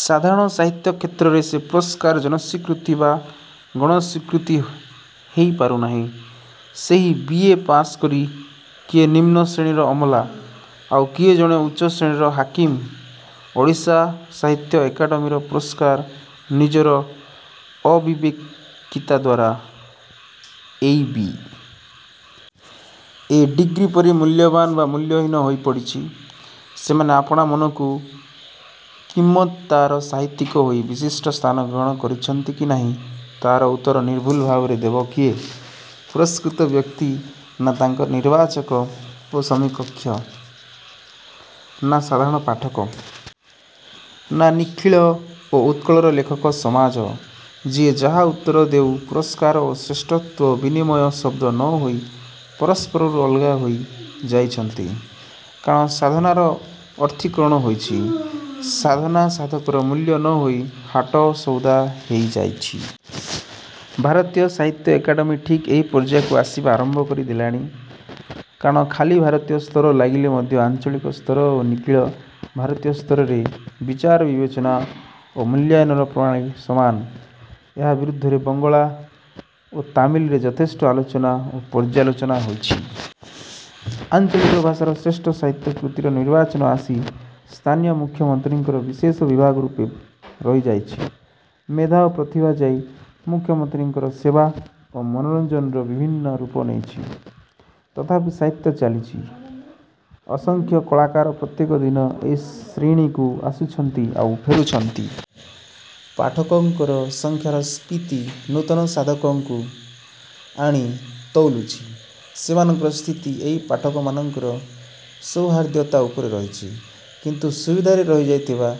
ସାଧାରଣ ସାହିତ୍ୟ କ୍ଷେତ୍ରରେ ସେ ପୁରସ୍କାର ଜନସ୍ୱୀକୃତି ବା ଗଣ-ସ୍ୱୀକୃତି ହେଇ ପାରୁ ନାହିଁ। ସେହି ବି. ଏ. ପାସ୍ କରି କିଏ ନିମ୍ନ ଶ୍ରେଣୀର ଅମଲା। ଆଉ କିଏ ଜଣେ ଉଚ୍ଚ ଶ୍ରେଣୀର ହାକିମ। ଓଡ଼ିଶା ସାହିତ୍ୟ ଏକାଡେମିର ପୁରସ୍କାର ନିଜର ଅବିବେକିତା ଦ୍ୱାରା ଏଇ ବି. ଏ. ଡିଗ୍ରିପରି ମୂଲ୍ୟବାନ୍ ବା ମୂଲ୍ୟହୀନ ହୋଇପଡ଼ିଛି। ସେମାନେ ଆପଣା ମନକୁ କିମତ୍ଦାର ସାହିତ୍ୟିକ ହୋଇ ବିଶିଷ୍ଟ ସ୍ଥାନ ଗ୍ରହଣ କରିଛନ୍ତି କି ନାହିଁ ତାହାର ଉତ୍ତର ନିର୍ଭୁଲ ଭାବରେ ଦେବ କିଏ? ପୁରସ୍କୃତ ବ୍ୟକ୍ତି ନା ତାଙ୍କର ନିର୍ବାଚକ ଓ ସମୀକ୍ଷକ? ନା ସାଧାରଣ ପାଠକ? ନା ନିଖିଳ ଓ ଉତ୍କଳର ଲେଖକ ସମାଜ।? ଯିଏ ଯାହା ଉତ୍ତର ଦେଉ ପୁରସ୍କାର ଓ ଶ୍ରେଷ୍ଠତ୍ୱ ବିନିମୟ ଶଦ୍ଦ ନ ହୋଇ ପରସ୍ପରରୁ ଅଲଗା ହେଇ ଯାଇଛନ୍ତି। କାରଣ ସାଧନାର ଅର୍ଥୀକରଣ ହୋଇଛି। ସାଧନା ସାଧକର ମୂଲ୍ୟ ନ ହୋଇ ହାଟ ସଉଦା ହେଇଯାଇଛି। ଭାରତୀୟ ସାହିତ୍ୟ ଏକାଡେମି ଠିକ୍ ଏହି ପର୍ଯ୍ୟାୟକୁ ଆସିବା ଆରମ୍ଭ କରି ଦେଲାଣି। କାରଣ ଖାଲି ଭାରତୀୟ ସ୍ତର ଲାଗିଲେ ମଧ୍ୟ ଆଞ୍ଚଳିକ ସ୍ତର ଓ ନିଖିଳ ଭାରତୀୟ ସ୍ତରରେ ବିଚାର ବିବେଚନା ଓ ମୂଲ୍ୟାୟନର ପ୍ରଣାଳୀ ସମାନ। ଏହା ବିରୁଦ୍ଧରେ ବଙ୍ଗଳା ଓ ତାମିଲରେ ଯଥେଷ୍ଟ ଆଲୋଚନା ଓ ପର୍ଯ୍ୟାଲୋଚନା ହୋଇଛି। ଆଞ୍ଚଳିକ ଭାଷାର ଶ୍ରେଷ୍ଠ ସାହିତ୍ୟ କୃତିର ନିର୍ବାଚନ ଆସି ସ୍ଥାନୀୟ ମୁଖ୍ୟମନ୍ତ୍ରୀଙ୍କର ବିଶେଷ ବିଭାଗ ରୂପେ ରହିଯାଇଛି। ମେଧା ଓ ପ୍ରତିଭା ଯାଇ ମୁଖ୍ୟମନ୍ତ୍ରୀଙ୍କର ସେବା ଓ ମନୋରଞ୍ଜନର ବିଭିନ୍ନ ରୂପ ନେଇଛି। ତଥାପି ସାହିତ୍ୟ ଚାଲିଛି। ଅସଂଖ୍ୟ କଳାକାର ପ୍ରତ୍ୟେକ ଦିନ ଏହି ଶ୍ରୀଣୀକୁ ଆସୁଛନ୍ତି ଆଉ ଫେରୁଛନ୍ତି। ପାଠକଙ୍କର ସଂଖ୍ୟାର ସ୍ଫୀତି ନୂତନ ସାଧକଙ୍କୁ ଆଣି ତଉଲୁଛି। ସେମାନଙ୍କର ସ୍ଥିତି ଏହି ପାଠକମାନଙ୍କର ସୌହାର୍ଦ୍ୟତା ଉପରେ ରହିଛି। କିନ୍ତୁ ସୁବିଧାରେ ରହିଯାଇଥିବା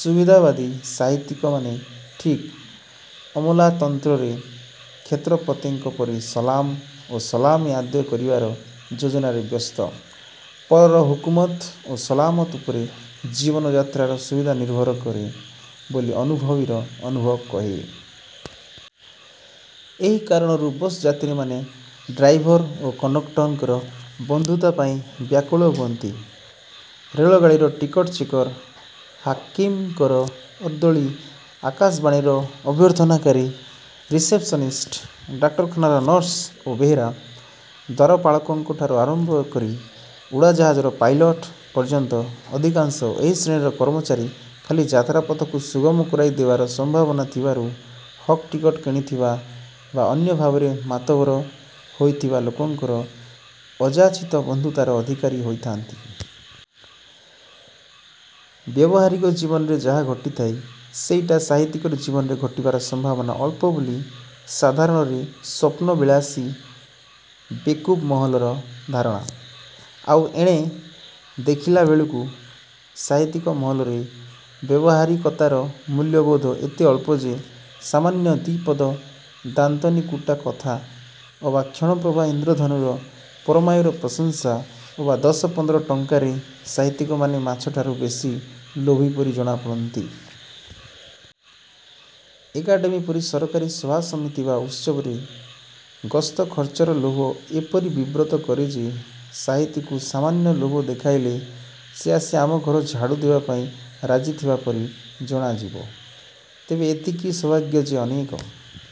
ସୁବିଧାବାଦୀ ସାହିତ୍ୟିକମାନେ ଠିକ୍ ଅମଲାତନ୍ତ୍ରରେ କ୍ଷେତ୍ରପତିଙ୍କ ପରି ସଲାମ୍ ଓ ସଲାମି ଆଦୟ କରିବାର ଯୋଜନାରେ ବ୍ୟସ୍ତ। ପରର ହୁକୁମତ୍ ଓ ସଲାମତ ଉପରେ ଜୀବନଯାତ୍ରାର ସୁବିଧା ନିର୍ଭର କରେ ବୋଲି ଅନୁଭବୀର ଅନୁଭବ କହେ। ଏହି କାରଣରୁ ବସ୍ର ଯାତ୍ରୀମାନେ ଡ୍ରାଇଭର ଓ କଣ୍ତକ୍ଟରଙ୍କର ବନ୍ଧୁତା ପାଇଁ ବ୍ୟାକୁଳ ହୁଅନ୍ତି। ରେଳଗାଡ଼ିର ଟିକଟ ଚେକର, ହାକିମଙ୍କର ଅର୍ଦ୍ଦଳୀ ଆକାଶବାଣୀର ଅଭ୍ୟର୍ଥନାକାରୀ ରିସେପସନିଷ୍ଟ, ଡାକ୍ତରଖାନାର ନର୍ସ ଓ ବେହେରା, ଦ୍ୱାରପାଳଙ୍କଠାରୁ ଆରମ୍ଭ କରି ଉଡ଼ାଜାହାଜର ପାଇଲଟ ପର୍ଯ୍ୟନ୍ତ ଅଧିକାଂଶ ଏହି ଶ୍ରେଣୀର କର୍ମଚାରୀ ଖାଲି ଯାତ୍ରାପଥକୁ ସୁଗମ କରାଇ ଦେବାର ସମ୍ଭାବନା ଥିବାରୁ ହକ୍ ଟିକଟ କିଣିଥିବା ବା ଅନ୍ୟ ଭାବରେ ମାତବର ହୋଇଥିବା ଲୋକଙ୍କର ଅଯାଚିତ ବନ୍ଧୁତାର ଅଧିକାରୀ ହୋଇଥାନ୍ତି। ବ୍ୟବହାରିକ ଜୀବନରେ ଯାହା ଘଟିଥାଏ ସେଇଟା ସାହିତ୍ୟିକର ଜୀବନରେ ଘଟିବାର ସମ୍ଭାବନା ଅଳ୍ପ ବୋଲି ସାଧାରଣରେ ସ୍ୱପ୍ନବିଳାସୀ ବେକୁବ୍ ମହଲର ଧାରଣା। ଆଉ ଏଣେ ଦେଖିଲା ବେଳକୁ ସାହିତ୍ୟିକ ମହଲରେ ବ୍ୟବହାରିକତାର ମୂଲ୍ୟବୋଧ ଏତେ ଅଳ୍ପ ଯେ ସାମାନ୍ୟ ଦି'ପଦ ଦାନ୍ତନିକୁଟା କଥା ଅବା କ୍ଷଣପ୍ରଭା ଇନ୍ଦ୍ରଧନୁର ପରମାୟୁର ପ୍ରଶଂସା ଅବା ଦଶ ପନ୍ଦର ଟଙ୍କାରେ ସାହିତ୍ୟିକମାନେ ମାଛଠାରୁ ବେଶି ଲୋଭୀ ପରି ଜଣାପଡ଼ନ୍ତି। ଏକାଡେମି ପରି ସରକାରୀ ସଭାସମିତି ବା ଉତ୍ସବରେ ଗସ୍ତ ଖର୍ଚ୍ଚର ଲୋଭ ଏପରି ବିବ୍ରତ କରେ ଯେ ସାହିତ୍ୟିକକୁ ସାମାନ୍ୟ ଲୋଭ ଦେଖାଇଲେ ସେ ଆସି ଆମ ଘର ଝାଡ଼ୁ ଦେବା ପାଇଁ ରାଜିଥିବା ପରି ଜଣାଯିବ। ତେବେ ଏତିକି ସୌଭାଗ୍ୟ ଯେ ଅନେକ